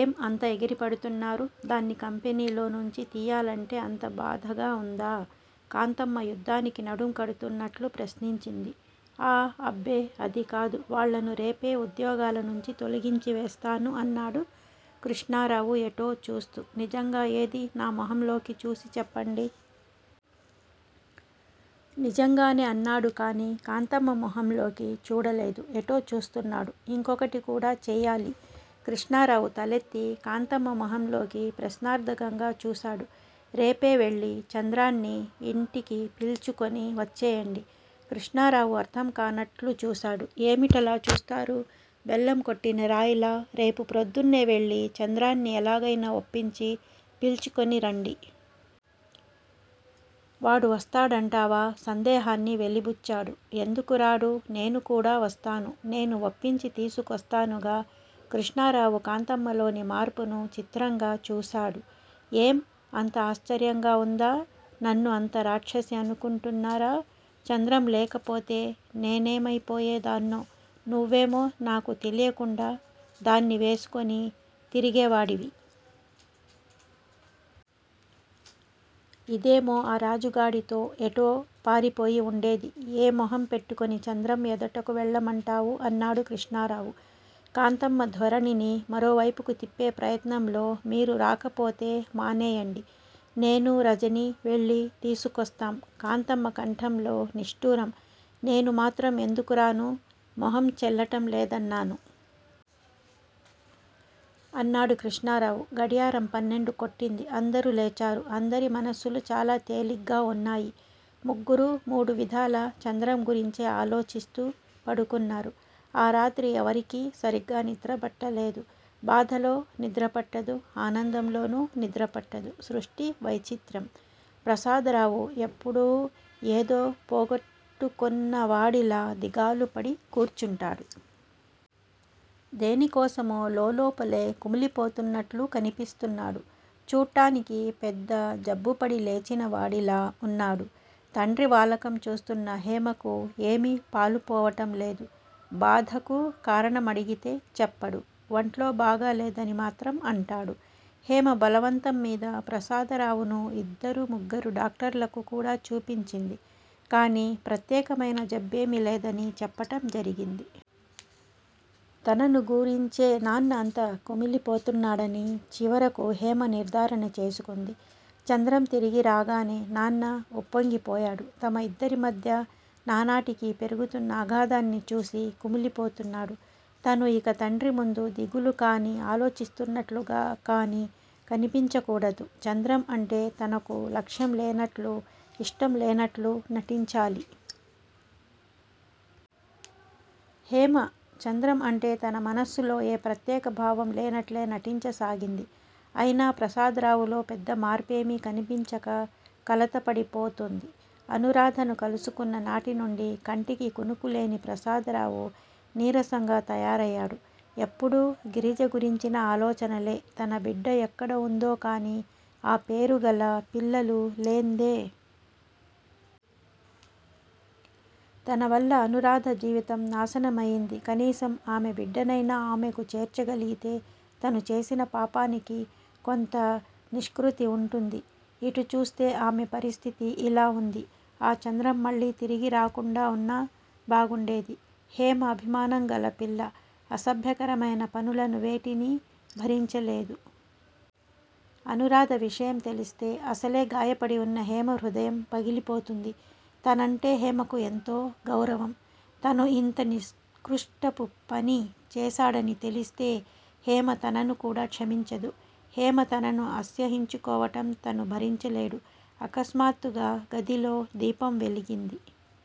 ఏం, అంత ఎగిరిపడుతున్నారు? దాన్ని కంపెనీలో నుంచి తియ్యాలంటే అంత బాధగా వుందా? కాంతమ్మ యుద్ధానికి నడుం కడుతున్నట్లు ప్రశ్నించింది. ఆ అబ్బే అదికాదు వాళ్ళను రేపే ఉద్యోగాల నుంచి తొలగించివేస్తాను అన్నాడు కృష్ణారావు ఎటో చూస్తూ. నిజంగా? ఏది నా మొహంలోకి చూసి చెప్పండి. నిజంగానే అన్నాడు కాని, కాంతమ్మ మొహంలోకి చూడలేదు. ఎటో చూస్తున్నాడు. ఇంకొకటి కూడా చెయ్యాలి. కృష్ణారావు తలెత్తి కాంతమ్మ మొహంలోకి ప్రశ్నార్థకంగా చూశాడు. రేపే వెళ్ళి చంద్రాన్ని ఇంటికి పిలుచుకొని వచ్చేయండి. కృష్ణారావు అర్థంకానట్లు చూశాడు. ఏమిటలా చూస్తారు బెల్లంకొట్టిన రాయిలా! రేపు పొద్దున్నే వెళ్ళి చంద్రాన్ని ఎలాగయినా ఒప్పించి పిల్చుకొని రండి. వాడు వస్తాడంటావా? సందేహాన్ని వెలిబుచ్చాడు. ఎందుకురాడూ? నేను కూడా వస్తాను. నేను ఒప్పించి తీసుకొస్తానుగా? కృష్ణారావు కాంతమ్మలోని మార్పును చిత్రంగా చూశాడు. ఏం, అంత ఆశ్చర్యంగా ఉందా? నన్ను అంత రాక్షసి అనుకుంటున్నారా? చంద్రం లేకపోతే నేనేమయిపోయేదాన్నో! నువ్వేమో నాకు తెలియకుండా దాన్ని వేసుకొని తిరిగేవాడివి. ఇదేమో ఆ రాజాగాడితో ఎటో పారిపోయి ఉండేది. ఏ మొహం పెట్టుకొని చంద్రం ఎదటకు వెళ్ళమంటావు? అన్నాడు కృష్ణారావు, కాంతమ్మ ధోరణిని మరోవైపుకు తిప్పే ప్రయత్నంలో. మీరు రాకపోతే మానేయండి. నేనూ, రజనీ వెళ్ళి తీసుకొస్తాం! కాంతమ్మ కంఠంలో నిష్ఠురం. నేను మాత్రం ఎందుకురాను? మొహం చెల్లటం లేదన్నాను. అన్నాడు కృష్ణారావు. గడియారం పన్నెండు కొట్టింది. అందరూ లేచారు. అందరి మనస్సులు చాలా తేలిగ్గా ఉన్నాయి. ముగ్గురూ మూడువిధాల చంద్రం గురించే ఆలోచిస్తూ పడుకున్నారు. ఆ రాత్రి ఎవరికీ సరిగా నిద్రపట్టలేదు. బాధలో నిద్రపట్టదు. ఆనందంలోనూ నిద్రపట్టదు. సృష్టి వైచిత్ర్యం! ప్రసాదరావు ఎప్పుడూ ఏదో పోగొట్టుకొన్నవాడిలా దిగాలుపడి కూర్చుంటాడు. దేనికోసమో లోలోపలే కుమిలిపోతున్నట్లు కనిపిస్తున్నాడు. చూట్టానికి పెద్ద జబ్బుపడి లేచినవాడిలా ఉన్నాడు. తండ్రి వాలకం చూస్తున్న హేమకు ఏమీ పాలుపోవటం లేదు. బాధకు కారణం అడిగితే చెప్పడు. ఒంట్లో బాగాలేదని మాత్రం అంటాడు. హేమ బలవంతంమీద ప్రసాదరావును ఇద్దరు, ముగ్గురు డాక్టర్లకు కూడా చూపించింది. కాని, ప్రత్యేకమయిన జబ్బేమీలేదని చెప్పటం జరిగింది. తనను గురించే నాన్న అంత కుమిలిపోతున్నాడని చివరకు హేమ నిర్ధారణ చేసుకుంది. చంద్రం తిరిగిరాగానే నాన్న ఉప్పొంగిపోయాడు. తమ ఇద్దరిమధ్యా నానాటికీ పెరుగుతున్న అగాధాన్ని చూసి కుమిలిపోతున్నాడు. తను ఇక తండ్రి ముందు దిగులుకాని, ఆలోచిస్తున్నట్లుగా కానీ కనిపించకూడదు. చంద్రం అంటే తనకు లక్ష్యం లేనట్లూ, ఇష్టం లేనట్లూ నటించాలి. హేమ చంద్రం అంటే తన మనస్సులో ఏ ప్రత్యేక భావం లేనట్లే నటించసాగింది. అయినా ప్రసాదరావులో పెద్ద మార్పేమీ కనిపించక కలతపడిపోతోంది. అనూరాధను కలుసుకున్న నాటినుండి కంటికి కునుకులేని ప్రసాదరావు నీరసంగా తయారయాడు. ఎప్పుడూ గిరిజ గురించిన ఆలోచనలే. తన బిడ్డ యెక్కడవుందో! కాని, ఆ పేరుగల పిల్లలు లేందే! తన వల్ల అనూరాధ జీవితం నాశనమయింది. కనీసం ఆమె బిడ్డనయినా ఆమెకు చేర్చగలిగితే తను చేసిన పాపానికి కొంత నిష్కృతి ఉంటుంది. ఇటు చూస్తే ఆమె పరిస్థితి ఇలా ఉంది! ఆ చంద్రం మళ్ళీ తిరిగిరాకుండా ఉన్నా బాగుండేది. హేమ అభిమానంగల పిల్ల. అసభ్యకరమైన పనులను వేటినీ భరించలేదు. అనూరాధ విషయం తెలిస్తే అసలే గాయపడి వున్న హేమ హృదయం పగిలిపోతుంది. తనంటే హేమకు యెంతో గౌరవం. తను ఇంత నికృష్టపు పని చేశాడని తెలిస్తే హేమ తనను కూడా క్షమించదు. హేమ తనను అసహ్యించుకోవటం తను భరించలేడు! ఆకస్మాత్తుగా గదిలో దీపం వెలిగింది.